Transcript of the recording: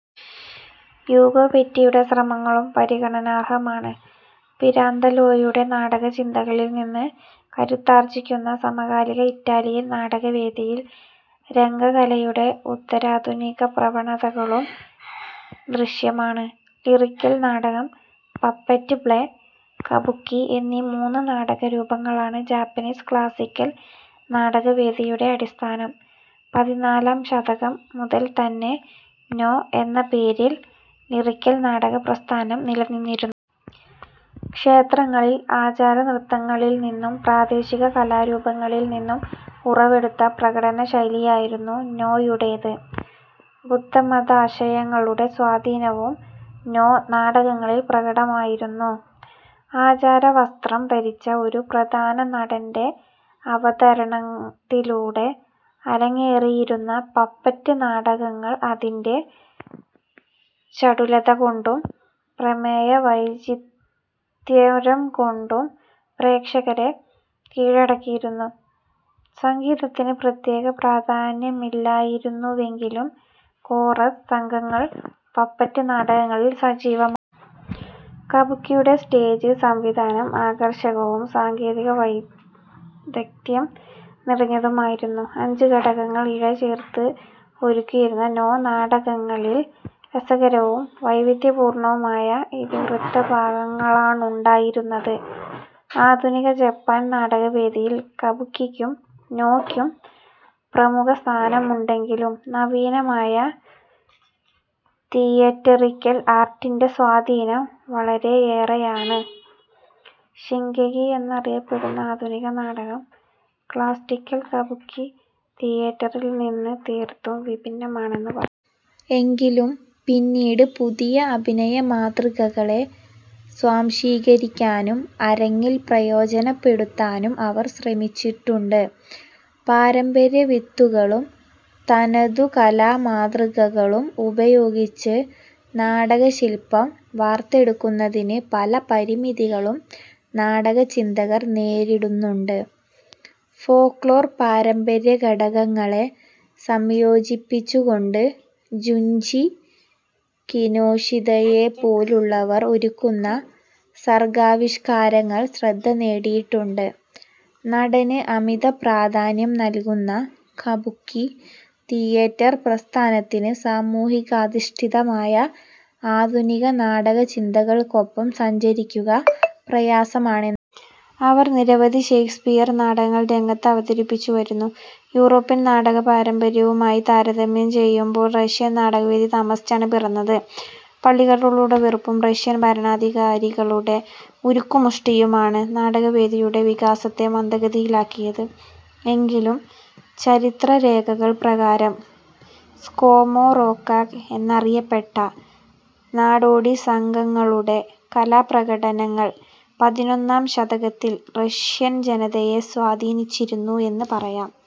Ugo ബെറ്റിയുടെ ശ്രമങ്ങളും പരിഗണനാർഹമാണ്. പിരാന്തലോയുടെ നാടകചിന്തകളിൽനിന്ന് കരുത്താർജിക്കുന്ന സമകാലിക ഇറ്റാലിയൻ നാടകവേദിയിൽ, രംഗകലയുടെ ഉത്തരാധുനികപ്രവണതകളും ദൃശ്യമാണ്. ലിറിക്കൽ നാടകം, പപ്പറ്റ് പ്ലേ, കബുക്കി എന്നീ മൂന്ന് നാടകരൂപങ്ങളാണ് ജാപ്പനീസ് ക്ലാസ്സിക്കൽ നാടകവേദിയുടെ അടിസ്ഥാനം. പതിനാലാം ശതകം മുതൽതന്നെ 'നോ' എന്ന പേരിൽ ലിറിക്കൽ നാടകപ്രസ്ഥാനം നിലനിന്നിരുന്നു. ക്ഷേത്രങ്ങളിൽ ആചാരനൃത്തങ്ങളിൽനിന്നും പ്രാദേശിക കലാരൂപങ്ങളിൽനിന്നും ഉറവെടുത്ത പ്രകടനശൈലിയായിരുന്നു 'നോ'യുടേത്. ബുദ്ധമതാശയങ്ങളുടെ സ്വാധീനവും 'നോ' നാടകങ്ങളിൽ പ്രകടമായിരുന്നു. ആചാരവസ്ത്രം ധരിച്ച ഒരു പ്രധാന നടന്റെ അവതരണത്തിലൂടെ അരങ്ങേറിയിരുന്ന പപ്പറ്റ് നാടകങ്ങൾ അതിന്റെ ചടുലതകൊണ്ടും പ്രമേയവൈചിത്യ്രംകൊണ്ടും പ്രേക്ഷകരെ കീഴടക്കിയിരുന്നു. സംഗീതത്തിന് പ്രത്യേക പ്രാധാന്യമില്ലായിരുന്നുവെങ്കിലും കോറസ് സംഘങ്ങൾ പപ്പറ്റ് നാടകങ്ങളിൽ സജീവമായിരുന്നു. 'കബുക്കി'യുടെ സ്റ്റേജ് സംവിധാനം ആകർഷകവും സാങ്കേതികവൈദഗ്ദ്ധ്യം നിറഞ്ഞതുമായിരുന്നു. അഞ്ച് ഘടകങ്ങൾ ഇഴചേർത്ത് ഒരുക്കിയിരുന്ന 'നോ' നാടകങ്ങളിൽ രസകരവും വൈവിധ്യപൂർണവുമായ ഇതിവൃത്തഭാഗങ്ങളാണുണ്ടായിരുന്നത്. ആധുനിക ജപ്പാൻ നാടകവേദിയിൽ 'കബുക്കി'ക്കും 'നോ'യ്ക്കും പ്രമുഖസ്ഥാനമുണ്ടെങ്കിലും നവീനമായ തിയെറ്ററിക്കൽ ആർട്ടിന്റെ സ്വാധീനം വളരെയേറെയാണ്. 'ഷിങ്കെകി' എന്നറിയപ്പെടുന്ന ആധുനിക നാടകം, ക്ളാസ്സിക്കൽ കബുക്കി തിയേറ്ററിൽനിന്ന് തീർത്തും വിഭിന്നമാണെന്ന് പറയാം. എങ്കിലും പിന്നീട് പുതിയ അഭിനയമാതൃകകളെ സ്വാംശീകരിക്കാനും അരങ്ങിൽ പ്രയോജനപ്പെടുത്താനും അവർ ശ്രമിച്ചിട്ടുണ്ട്. പാരമ്പര്യവിത്തുകളും തനതുകലാമാതൃകകളും ഉപയോഗിച്ച് നാടകശില്പം വാർത്തെടുക്കുന്നതിന് പല പരിമിതികളും നാടകചിന്തകർ നേരിടുന്നുണ്ട്. ഫോക്ലോർ പാരമ്പര്യഘടകങ്ങളെ സംയോജിപ്പിച്ചുകൊണ്ട് ജുഞ്ചി കിനോഷിതയെപ്പോലുള്ളവർ ഒരുക്കുന്ന സർഗാവിഷ്കാരങ്ങൾ ശ്രദ്ധ നേടിയിട്ടുണ്ട്. നടന് അമിതപ്രാധാന്യം നല്കുന്ന 'കബുക്കി' തിയേറ്റർ പ്രസ്ഥാനത്തിന് സാമൂഹികാധിഷ്ഠിതമായ ആധുനിക നാടകചിന്തകൾക്കൊപ്പം സഞ്ചരിക്കുക പ്രയാസമാണെന്ന് പറയാം. അവർ നിരവധി ഷെയ്ക്സ്പിയർ നാടകങ്ങൾ രംഗത്ത് അവതരിപ്പിച്ചുവരുന്നു. യൂറോപ്യൻ നാടകപാരമ്പര്യവുമായി താരതമ്യം ചെയ്യുമ്പോൾ, റഷ്യൻ നാടകവേദി താമസിച്ചാണ് പിറന്നത്. പള്ളികളോടുള്ള വെറുപ്പും റഷ്യൻ ഭരണാധികാരികളുടെ ഉരുക്കുമുഷ്ടിയുമാണ് നാടകവേദിയുടെ വികാസത്തെ മന്ദഗതിയിലാക്കിയത്. എങ്കിലും, ചരിത്രരേഖകൾ പ്രകാരം 'സ്കോമോറോഖാക്' എന്നറിയപ്പെട്ട നാടോടി സംഘങ്ങളുടെ കലാപ്രകടനങ്ങൾ പതിനൊന്നാം ശതകത്തിൽ റഷ്യൻജനതയെ സ്വാധീനിച്ചിരുന്നു എന്നു പറയാം.